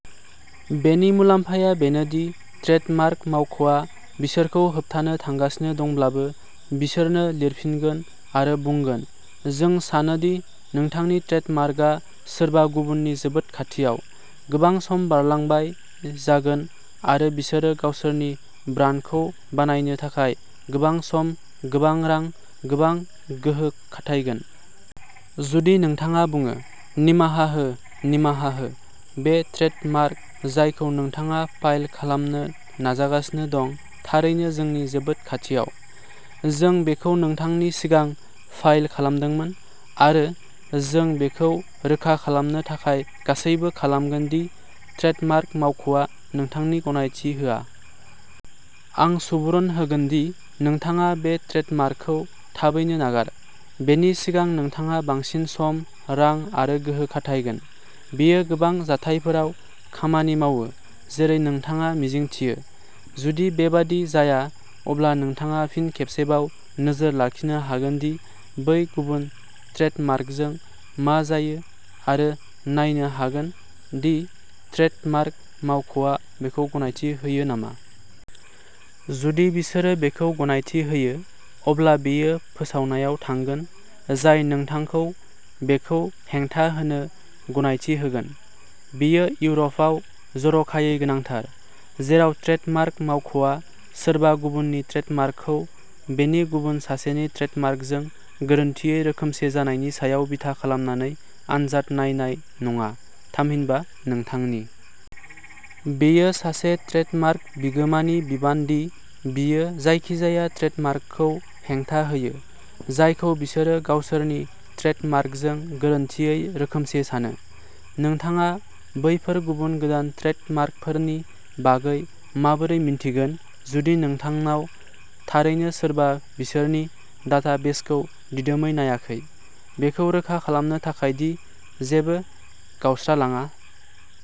बेनि मुलाम्फाया बेनो दि ट्रेडमार्क मावख'आ बिसोरखौ होबथानो थांगासिनो दंब्लाबो, बिसोरनो लिरफिनगोन आरो बुंगोन, "जों सानो दि नोंथांनि ट्रेडमार्कआ सोरबा गुबुननि जोबोद खाथियाव", गोबां सम बारलांबाय जागोन आरो बिसोरो गावसोरनि ब्रान्डखौ बानायनो थाखाय गोबां सम, गोबां रां, गोबां गोहो खाथायगोन। जुदि नोंथाङा बुङो, "निमाहा हो, निमाहा हो, बे ट्रेडमार्क जायखौ नोंथाङा फाइल खालामनो नाजागासिनो दं, थारैनो जोंनि जोबोद खाथियाव। जों बेखौ नोंथांनि सिगां फाइल खालामदोंमोन आरो जों बेखौ रोखा खालामनो थाखाय गासैबो खालामगोन दि ट्रेडमार्क मावख'आ नोंथांनि गनायथि होआ। आं सुबुरुन होगोन दि नोंथाङा बे ट्रेडमार्कखौ थाबैनो नागार, बेनि सिगां नोंथाङा बांसिन सम, रां आरो गोहो खाथायगोन। " बेयो गोबां जाथायफोराव खामानि मावो-जेरै नोंथाङा मिजिंथियो। जुदि बेबादि जाया, अब्ला नोंथाङा फिन खेबसेबाव नोजोर लाखिनो हागोन दि बै गुबुन ट्रेडमार्कजों मा जायो आरो नायनो हागोन दि ट्रेडमार्क मावख'आ बेखौ गनायथि होयो नामा। जुदि बिसोरो बेखौ गनायथि होयो, अब्ला बेयो फोसावनायाव थांगोन, जाय नोंथांखौ बेखौ हेंथा होनो गनायथि होगोन। बेयो इउर'पआव जर'खायै गोनांथार, जेराव ट्रेडमार्क मावख'आ सोरबा गुबुननि ट्रेडमार्कखौ बेनि गुबुन सासेनि ट्रेडमार्कजों गोरोन्थियै रोखोमसे जानायनि सायाव बिथा खालामनानै आनजाद नायनाय नङा, थामहिनबा नोंथांनि। बेयो सासे ट्रेडमार्क बिगोमानि बिबान दि बियो जायखिजाया ट्रेडमार्कखौ हेंथा होयो, जायखौ बिसोरो गावसोरनि ट्रेडमार्कजों गोरोन्थियै रोखोमसे सानो। नोंथाङा बैफोर गुबुन गोदान ट्रेडमार्कफोरनि बागै माबोरै मिन्थिगोन जुदि नोंथांनाव थारैनो सोरबा बिसोरनि डाटाबेसखौ दिदोमै नायाखै, बेखौ रोखा खालामनो थाखाय दि जेबो गावस्रालाङा?